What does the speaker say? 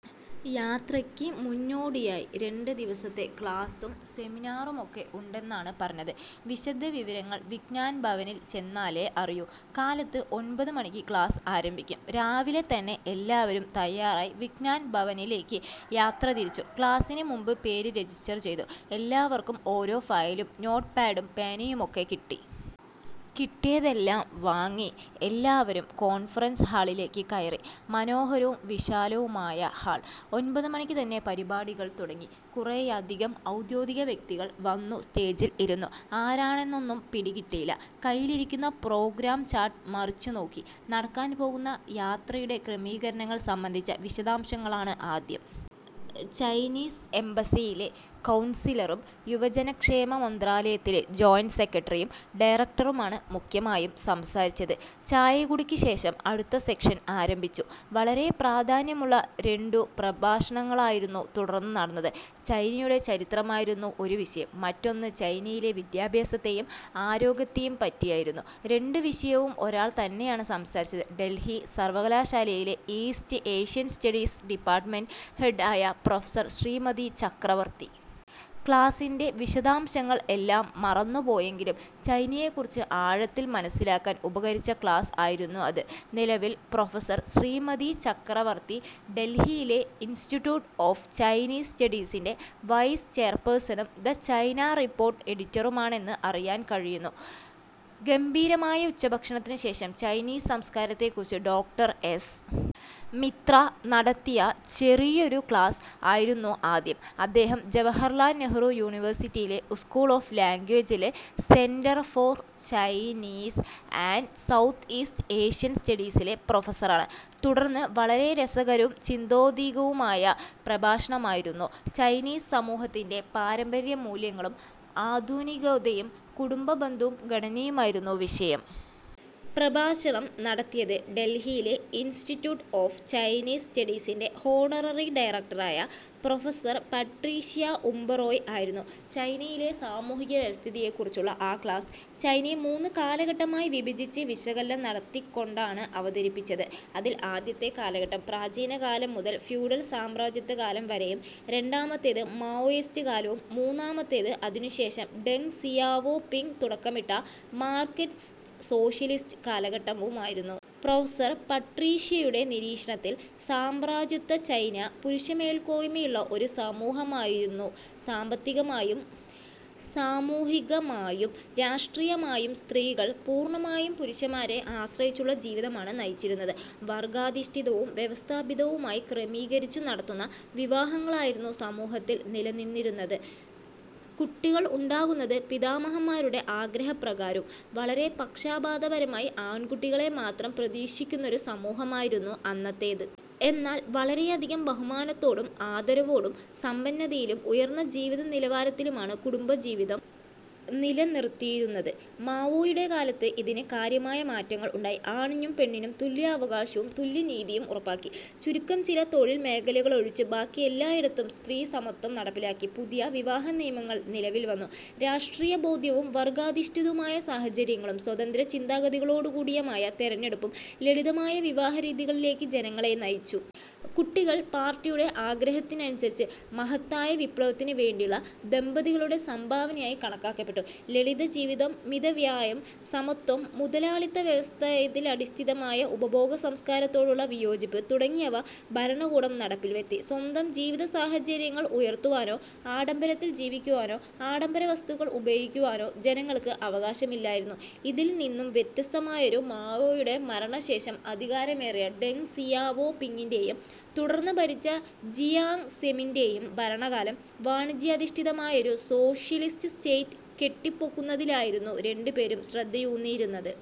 യാത്രയ്ക്ക് മുന്നോടിയായി രണ്ടു ദിവസത്തെ ക്ലാസും സെമിനാറുമൊക്കെ ഉണ്ടെന്നാണ് പറഞ്ഞത്. വിശദവിവരങ്ങൾ വിജ്ഞാൻ ഭവനിൽ ചെന്നാലേ അറിയൂ. കാലത്ത് ഒൻപതു മണിക്ക് ക്ലാസ് ആരംഭിക്കും. രാവിലെ തന്നെ എല്ലാവരും തയ്യാറായി വിജ്ഞാൻ ഭവനിലേക്ക് യാത്രതിരിച്ചു. ക്ലാസിന് മുൻപ് പേര് രജിസ്റ്റർ ചെയ്തു. എല്ലാവർക്കും ഓരോ ഫയലും നോട്ട്പാഡും പേനയുമൊക്കെ കിട്ടി. കിട്ടിയതെല്ലാം വാങ്ങി എല്ലാവരും കോൺഫറൻസ് ഹാളിലേക്ക് കയറി. മനോഹരവും വിശാലവുമായ ഹാൾ. ഒൻപതുമണിക്ക് തന്നെ പരിപാടികൾ തുടങ്ങി. കുറെയധികം ഔദ്യോഗിക വ്യക്തികൾ വന്നു സ്റ്റേജിൽ ഇരുന്നു. ആരാണെന്നൊന്നും പിടികിട്ടിയില്ല. കൈയിലിരുന്ന പ്രോഗ്രാം ചാർട്ട് മറിച്ച് നോക്കി. നടക്കാൻ പോകുന്ന യാത്രയുടെ ക്രമീകരണങ്ങൾ സംബന്ധിച്ച വിശദാംശങ്ങളാണ് ആദ്യം. ചൈനീസ് എംബസിയിലെ കൗൺസിലറും യുവജനക്ഷേമ മന്ത്രാലയത്തിലെ ജോയിൻ്റ് സെക്രട്ടറിയും ഡയറക്ടറുമാണ് മുഖ്യമായും സംസാരിച്ചത്. ചായകുടിക്ക് ശേഷം അടുത്ത സെഷൻ ആരംഭിച്ചു. വളരെ പ്രാധാന്യമുള്ള രണ്ടു പ്രഭാഷണങ്ങളായിരുന്നു തുടർന്ന് നടന്നത്. ചൈനയുടെ ചരിത്രമായിരുന്നു ഒരു വിഷയം. മറ്റൊന്ന് ചൈനയിലെ വിദ്യാഭ്യാസത്തെയും ആരോഗ്യത്തെയും പറ്റിയായിരുന്നു. രണ്ടു വിഷയവും ഒരാൾ തന്നെയാണ് സംസാരിച്ചത്; ഡൽഹി സർവ്വകലാശാലയിലെ east Asian studies department head ആയ പ്രൊഫസർ ശ്രീമതി ചക്രവർത്തി. ക്ലാസിൻ്റെ വിശദാംശങ്ങൾ എല്ലാം മറന്നുപോയെങ്കിലും ചൈനയെക്കുറിച്ച് ആഴത്തിൽ മനസ്സിലാക്കാൻ ഉപകരിച്ച ക്ലാസ്സ് ആയിരുന്നു അത്. നിലവിൽ പ്രൊഫസർ ശ്രീമതി ചക്രവർത്തി ഡൽഹിയിലെ ഇൻസ്റ്റിറ്റ്യൂട്ട് ഓഫ് ചൈനീസ് സ്റ്റഡീസിൻ്റെ വൈസ് ചെയർപേഴ്സണും 'ദ ചൈന റിപ്പോർട്ട്' എഡിറ്ററുമാണെന്ന് അറിയാൻ കഴിയുന്നു. ഗംഭീരമായ ഉച്ചഭക്ഷണത്തിന് ശേഷം ചൈനീസ് സംസ്കാരത്തെക്കുറിച്ച് ഡോക്ടർ എസ്. മിത്ര നടത്തിയ ചെറിയൊരു ക്ലാസ് ആയിരുന്നു ആദ്യം. അദ്ദേഹം ജവഹർലാൽ നെഹ്റു യൂണിവേഴ്സിറ്റിയിലെ സ്കൂൾ ഓഫ് ലാംഗ്വേജിലെ centre for Chinese and south east Asian സ്റ്റഡീസിലെ പ്രൊഫസറാണ്. തുടർന്ന് വളരെ രസകരവും ചിന്തോദ്ദീപകവുമായ പ്രഭാഷണമായിരുന്നു. ചൈനീസ് സമൂഹത്തിൻ്റെ പാരമ്പര്യമൂല്യങ്ങളും ആധുനികതയും, കുടുംബബന്ധവും ഘടനയുമായിരുന്നു വിഷയം. പ്രഭാഷണം നടത്തിയത് ഡൽഹിയിലെ ഇൻസ്റ്റിറ്റ്യൂട്ട് ഓഫ് ചൈനീസ് സ്റ്റഡീസിൻ്റെ ഹോണററി ഡയറക്ടറായ പ്രൊഫസർ പട്രീഷ്യ ഉബറോയ് ആയിരുന്നു. ചൈനയിലെ സാമൂഹ്യവ്യവസ്ഥിതിയെക്കുറിച്ചുള്ള ആ ക്ലാസ്, ചൈനയെ മൂന്ന് കാലഘട്ടമായി വിഭജിച്ച് വിശകലനം നടത്തിക്കൊണ്ടാണ് അവതരിപ്പിച്ചത്. അതിൽ ആദ്യത്തെ കാലഘട്ടം പ്രാചീന കാലം മുതൽ ഫ്യൂഡൽ, സാമ്രാജ്യത്വകാലം വരെയും; രണ്ടാമത്തേത് മാവോയിസ്റ്റ് കാലവും; മൂന്നാമത്തേത് അതിനുശേഷം ഡെങ് സിയാവോ പിങ് തുടക്കമിട്ട മാർക്കറ്റ് സോഷ്യലിസ്റ്റ് കാലഘട്ടവുമായിരുന്നു. പ്രൊഫസർ പട്രീഷ്യയുടെ നിരീക്ഷണത്തിൽ സാമ്രാജ്യത്വ ചൈന പുരുഷമേൽക്കോയ്മയുള്ള ഒരു സമൂഹമായിരുന്നു. സാമ്പത്തികമായും സാമൂഹികമായും രാഷ്ട്രീയമായും സ്ത്രീകൾ പൂർണ്ണമായും പുരുഷന്മാരെ ആശ്രയിച്ചുള്ള ജീവിതമാണ് നയിച്ചിരുന്നത്. വർഗ്ഗാധിഷ്ഠിതവും വ്യവസ്ഥാപിതവുമായി ക്രമീകരിച്ചു നടത്തുന്ന വിവാഹങ്ങളായിരുന്നു സമൂഹത്തിൽ നിലനിന്നിരുന്നത്. കുട്ടികൾ ഉണ്ടാകുന്നത് പിതാമഹന്മാരുടെ ആഗ്രഹപ്രകാരവും. വളരെ പക്ഷാപാതപരമായി ആൺകുട്ടികളെ മാത്രം പ്രതീക്ഷിക്കുന്നൊരു സമൂഹമായിരുന്നു അന്നത്തേത്. എന്നാൽ വളരെയധികം ബഹുമാനത്തോടും ആദരവോടും സമ്പന്നതയിലും ഉയർന്ന ജീവിതനിലവാരത്തിലുമാണ് കുടുംബജീവിതം നിലനിർത്തിയിരുന്നത്. മാവോയുടെ കാലത്ത് ഇതിന് കാര്യമായ മാറ്റങ്ങൾ ഉണ്ടായി. ആണ്ണിനും പെണ്ണിനും തുല്യാവകാശവും തുല്യനീതിയും ഉറപ്പാക്കി. ചുരുക്കം ചില തൊഴിൽ മേഖലകളിലൊഴിച്ച് ബാക്കിയെല്ലായിടത്തും സ്ത്രീസമത്വം നടപ്പിലാക്കി. പുതിയ വിവാഹനിയമങ്ങൾ നിലവിൽ വന്നു. രാഷ്ട്രീയബോധ്യവും വർഗ്ഗാധിഷ്ഠിതമായ സാഹചര്യങ്ങളും സ്വതന്ത്രചിന്താഗതികളോടുകൂടിയ തിരഞ്ഞെടുപ്പും ലളിതമായ വിവാഹരീതികളിലേക്ക് ജനങ്ങളെ നയിച്ചു. കുട്ടികൾ പാർട്ടിയുടെ ആഗ്രഹത്തിനനുസരിച്ച് മഹത്തായ വിപ്ലവത്തിന് വേണ്ടിയുള്ള ദമ്പതികളുടെ സംഭാവനയായി കണക്കാക്കപ്പെട്ടു. ലളിതജീവിതം, മിതവ്യയം, സമത്വം, മുതലാളിത്ത വ്യവസ്ഥിതിയിലടിസ്ഥാനമായ ഉപഭോഗസംസ്കാരത്തോടുള്ള വിയോജിപ്പ് തുടങ്ങിയവ ഭരണകൂടം നടപ്പിൽ വരുത്തി. സ്വന്തം ജീവിതസാഹചര്യങ്ങൾ ഉയർത്തുവാനോ ആഡംബരത്തിൽ ജീവിക്കുവാനോ ആഡംബര വസ്തുക്കൾ ഉപയോഗിക്കുവാനോ ജനങ്ങൾക്ക് അവകാശമില്ലായിരുന്നു. ഇതിൽ നിന്നും വ്യത്യസ്തമായിരുന്നു മാവോയുടെ മരണശേഷം അധികാരമേറിയ ഡെങ് സിയാവോ പിങ്ങിൻ്റെയും തുടർന്ന് ഭരിച്ച ജിയാങ് സെമിൻ്റെയും ഭരണകാലം. വാണിജ്യാധിഷ്ഠിതമായൊരു സോഷ്യലിസ്റ്റ് സ്റ്റേറ്റ് കെട്ടിപ്പൊക്കുന്നതിലായിരുന്നു രണ്ടുപേരും ശ്രദ്ധയൂന്നിയിരുന്നത്.